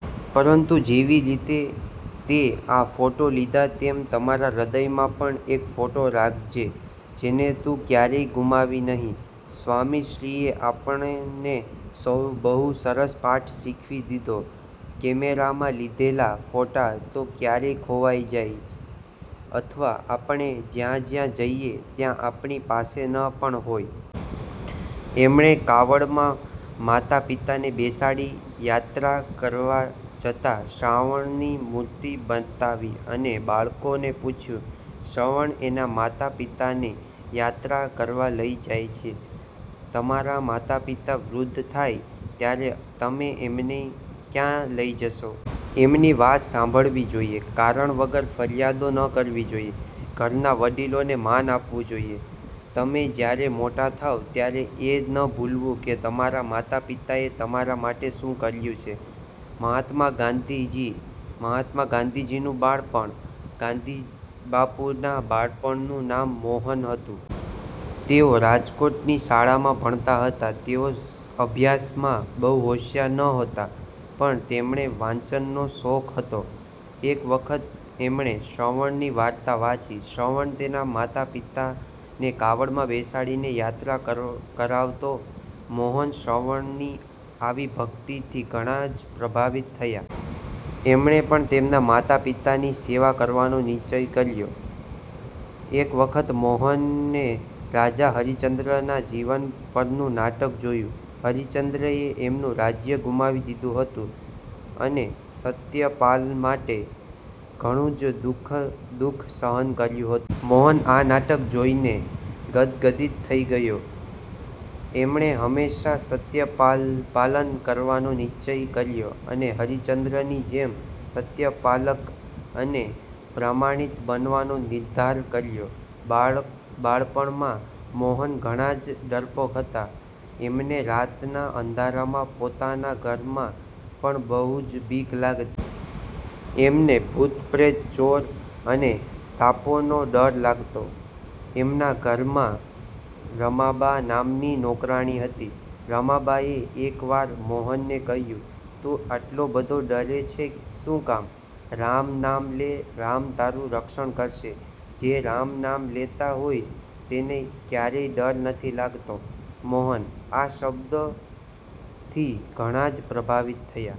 પરંતુ જેવી રીતે તેં આ ફોટા લીધા તેમ તારા હૃદયમાં પણ એક ફોટો રાખજે જેને તું કયારેય ગુમાવે નહીં." સ્વામીશ્રીએ આપણને સૌને બહુ સરસ પાઠ શીખવી દીધો. કેમેરામાં લીધેલા ફોટા તો ક્યારેક ખોવાઈ જાય, અથવા આપણે જ્યાં-જ્યાં જઈએ ત્યાં આપણી પાસે ન પણ હોય. એમણે કાવડમાં માતા પિતાને બેસાડી યાત્રા કરવા જતા શ્રાવણની મૂર્તિ બતાવી અને બાળકોને પૂછ્યું, "શ્રવણ એના માતા પિતાને યાત્રા કરવા લઇ જાય છે. તમારા માતા પિતા વૃદ્ધ થાય ત્યારે તમે એમને ક્યાં લઇ જશો?" એમની વાત સાંભળવી જોઈએ, કારણ વગર ફરિયાદો ન કરવી જોઈએ, ઘરના વડીલોને માન આપવું જોઈએ. તમે જયારે મોટા થાવ ત્યારે એ ન ભૂલવું કે તમારા માતા પિતાએ તમારા માટે શું કર્યું છે." મહાત્મા ગાંધીજી: મહાત્મા ગાંધીજીનું બાળપણ: ગાંધીબાપુના બાળપણનું નામ મોહન હતું. તેઓ રાજકોટની શાળામાં ભણતા હતા. તેઓ અભ્યાસમાં બહુ હોશિયાર નહોતા, પણ તેમને વાંચનનો શોખ હતો. એક વખત એમણે શ્રવણની વાર્તા વાંચી. શ્રવણ તેના માતા પિતાને કાવડમાં બેસાડીને યાત્રા કર કરાવતો. મોહન શ્રવણની આવી ભક્તિથી ઘણા જ પ્રભાવિત થયા. એમણે પણ તેમના માતા પિતાની સેવા કરવાનો નિશ્ચય કર્યો. એક વખત મોહને રાજા હરિશ્ચન્દ્રના જીવન પરનું નાટક જોયું. હરિશ્ચન્દ્રએ એમનું રાજ્ય ગુમાવી દીધું હતું, અને સત્યપાલ માટે ઘણું જ દુઃખ દુઃખ સહન કર્યું હતું. મોહન આ નાટક જોઈને ગદગદિત થઈ ગયો. એમણે હંમેશા સત્યપાલ પાલન કરવાનો નિશ્ચય કર્યો, અને હરિશ્ચન્દ્રની જેમ સત્યપાલક અને પ્રામાણિક બનવાનો નિર્ધાર કર્યો. બાળ બાળપણમાં મોહન ઘણા જ ડરપોક હતા. એમને રાતના અંધારામાં પોતાના ઘરમાં પણ બહુ જ બીક લાગતી. એમને ભૂતપ્રેત, ચોર અને સાપોનો ડર લાગતો. એમના ઘરમાં રમાબા નામની નોકરાણી હતી. રમાબાએ એક વાર મોહનને કહ્યું, "તું આટલો બધો ડરે છે શું કામ? રામ નામ લે, રામ તારું રક્ષણ કરશે, જે રામ નામ લેતા હોય તેને ક્યારેય ડર નથી લાગતો." મોહન આ શબ્દોથી ઘણા જ પ્રભાવિત થયા.